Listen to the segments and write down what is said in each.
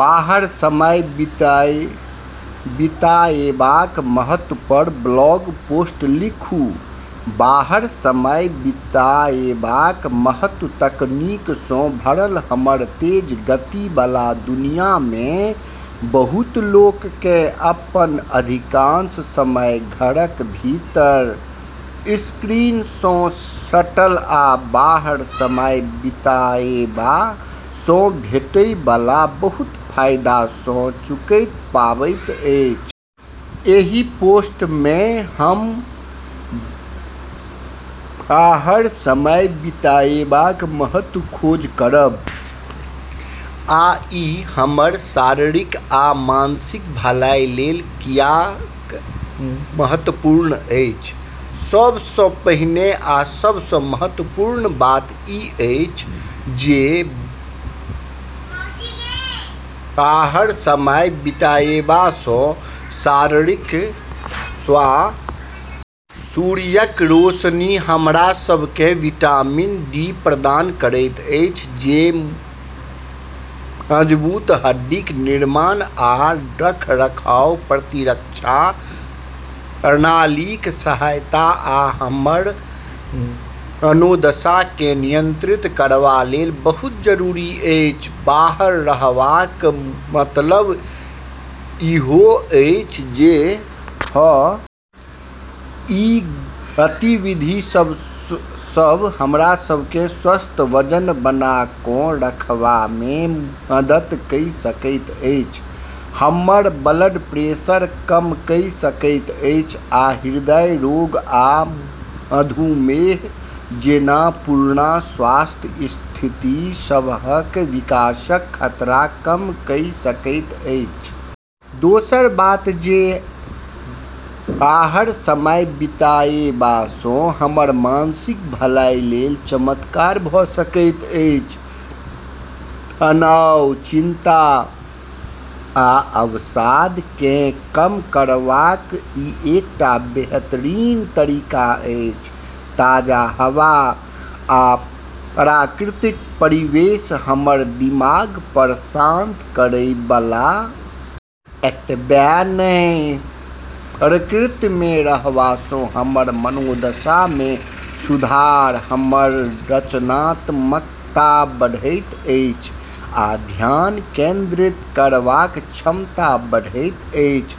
बाहर समय बिताएबाक महत्व पर ब्लॉग पोस्ट लिखू। बाहर समय बिताएबाक महत्व तकनीक सँ भरल हमर तेज गति बला दुनिया मे बहुत लोक केँ अपन अधिकांश समय घरक भीतर, स्क्रीन सँ सटल, आ बाहर समय बिताएबा सँ भेटै बला बहुत फायदा सँ चूकैत पाबैत अछि। एहि पोस्ट मे हम बाहर समय बिताएबाक महत्वक खोज करब आ ई हमर शारीरिक आ मानसिक भलाइ लेल कियाक महत्वपूर्ण अछि। सब सँ पहिने आ सब सँ महत्वपूर्ण बात ई अछि जे बाहर समय बिताएबा सँ शारीरिक स्वास्थ्यक अनेक लाभ अछि। सूर्यक रोशनी हमरा सभ केँ विटामिन डी प्रदान करैत अछि, जे मजबूत हड्डीक निर्माण आ रखरखाव, प्रतिरक्षा प्रणालीक सहायता, आ हमर मनोदशा केँ नियंत्रित करबा लेल बहुत जरूरी अछि। बाहर रहबाक मतलब ई हो अछि जे हमरा सभ केँ शारीरिक गतिविधि जेना पैदल यात्रा, जॉगिंग, साइकिल चलाबब, या सिर्फ टहलबाक संभावना बेसी रहैत अछि। ई गतिविधि सभ हमरा सभ केँ स्वस्थ वजन बना कऽ रखबामे मदद कइ सकैत अछि, हमर ब्लड प्रेशर कम कइ सकैत अछि, आ हृदय रोग आ मधुमेह जेना पुरना स्वास्थ्य स्थिति सभक विकासक खतरा कम कइ सकैत अछि। दोसर बात जे बाहर समय बिताएबा सँ हमर मानसिक भलाइ लेल चमत्कार भऽ सकैत अछि। तनाव, चिंता आ अवसाद केँ कम करबाक ई एकटा बेहतरीन तरीका अछि। ताज़ा हवा आ प्राकृतिक परिवेश हमर दिमाग पर शांत करै बला प्रभाव पाड़ि सकैत अछि, जेकरा सँ हमरा बेसी आराम आ शांति महसूस करबामे मदद भेटैत अछि। एतबे नहि, प्रकृति मे रहबा सँ हमर मनोदशा मे सुधार, हमर रचनात्मकता बढ़ैत अछि, आ ध्यान केंद्रित करबाक क्षमता बढ़ैत अछि,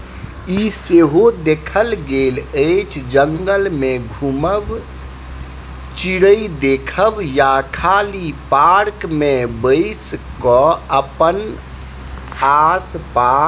ई सेहो देखल गेल अछि। जंगल मे घुमब, चिड़ै देखब, या खाली पार्क मे बैसि कऽ अपन आसपासक सुंदरताक अवलोकन जेहन गतिविधि हमरा सभ केँ रिचार्ज, रिफ्रेश आ पुनर्जीवित महसूस करा सकैत अछि।